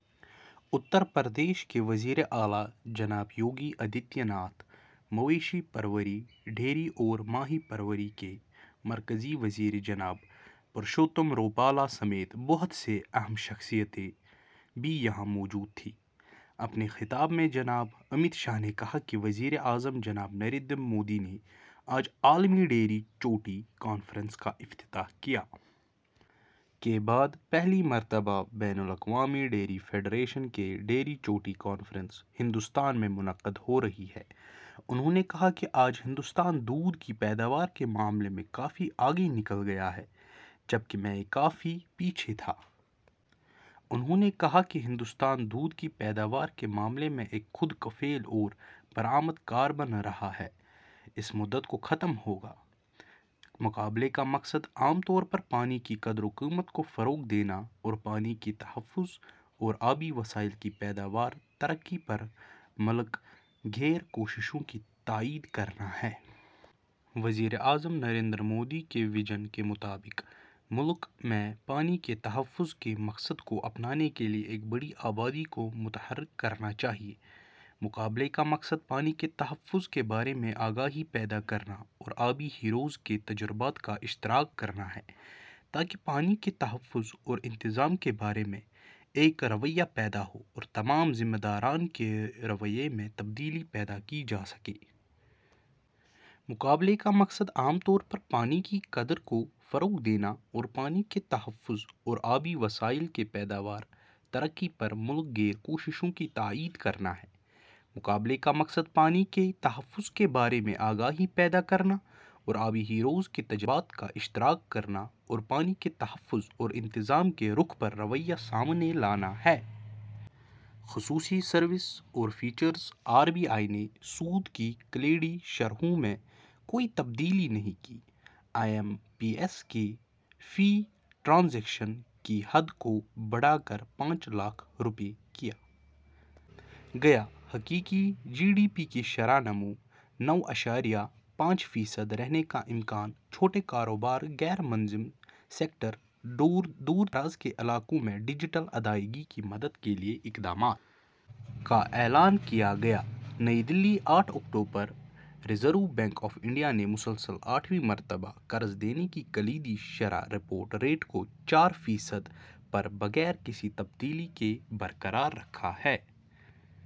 اترپردیش کے وزیراعلی جناب یوگی آدتیہ ناتھ مویشی پروری ڈیری اور ماہی پروری کے مرکزی وزیر جناب پرشوتم روپالا سمیت بہت سی اہم شخصیتیں بھی یہاں موجود تھیں۔ اپنے خطاب میں جناب امت شاہ نے کہا کہ وزیراعظم جناب نریندر مودی نے آج عالمی ڈیری چوٹی کانفرنس کا افتتاح کیا۔ کے بعد پہلی مرتبہ بین الاقوامی ڈیری فیڈریشن کی ڈیری چوٹی کانفرنس ہندوستان میں منعقد ہورہی ہے۔ انہوں نے کہا کہ آج ہندوستان دودھ کی پیداوار کے معاملے میں کافی آگے نکل گیا ہے جبکہ میں یہ کافی پیچھے تھا۔ انہوں نے کہا کہ ہندوستان دودھ کی پیداوار کے معاملے میں ایک خود کفیل اور برآمد کار بن رہا ہے۔ اس مدت کو ختم ہوگا۔ مقابلے کا مقصد عام طور پر پانی کی قدر و قیمت کو فروغ دینا اور پانی کے تحفظ اور آبی وسائل کی پائیدار ترقی پر ملک گیر کوششوں کی تائید کرنا ہے۔ وزیر اعظم نریندر مودی کے ویژن کے مطابق ملک میں پانی کے تحفظ کے مقصد کو اپنانے کے لئے ایک بڑی آبادی کو متحرک کرنا چاہیے۔ مقابلے کا مقصد پانی کے تحفظ کے بارے میں آگاہی پیدا کرنا اور آبی ہیروز کے تجربات کا اشتراک کرنا ہے تاکہ پانی کے تحفظ اور انتظام کے بارے میں ایک رویہ پیدا ہو اور تمام ذمہ داران کے رویے میں تبدیلی پیدا کی جا سکے۔ مقابلے کا مقصد عام طور پر پانی کی قدر کو فروغ دینا اور پانی کے تحفظ اور آبی وسائل کی پائیدار ترقی پر ملک گیر کوششوں کی تائید کرنا ہے۔ مقابلے کا مقصد پانی کے تحفظ کے بارے میں آگاہی پیدا کرنا اور آبی ہیروز کے تجربات کا اشتراک کرنا اور پانی کے تحفظ اور انتظام کے رُخ پر رویہ سامنے لانا ہے۔ خصوصی سروس اور فیچرس آر بی آئی نے سود کی کلیدی شرحوں میں کوئی تبدیلی نہیں کی آئی ایم پی ایس کی فی ٹرانزیکشن کی حد کو بڑھا کر پانچ لاکھ روپئے کیا گیا حقیقی جی ڈی پی کی شرح نمو نو اعشاریہ پانچ فی صد رہنے کا امکان چھوٹے کاروبار غیر منظم سیکٹر دور دراز کے علاقوں میں ڈجیٹل ادائیگی کی مدد کے لئے اقدامات کا اعلان کیا گیا نئی دلّی آٹھ اکتوبر ریزرو بینک آف انڈیا نے مسلسل آٹھویں مرتبہ قرض دینے کی کلیدی شرح ریپو ریٹ کو چار فی صد پر بغیر کسی تبدیلی کے برقرار رکھا ہے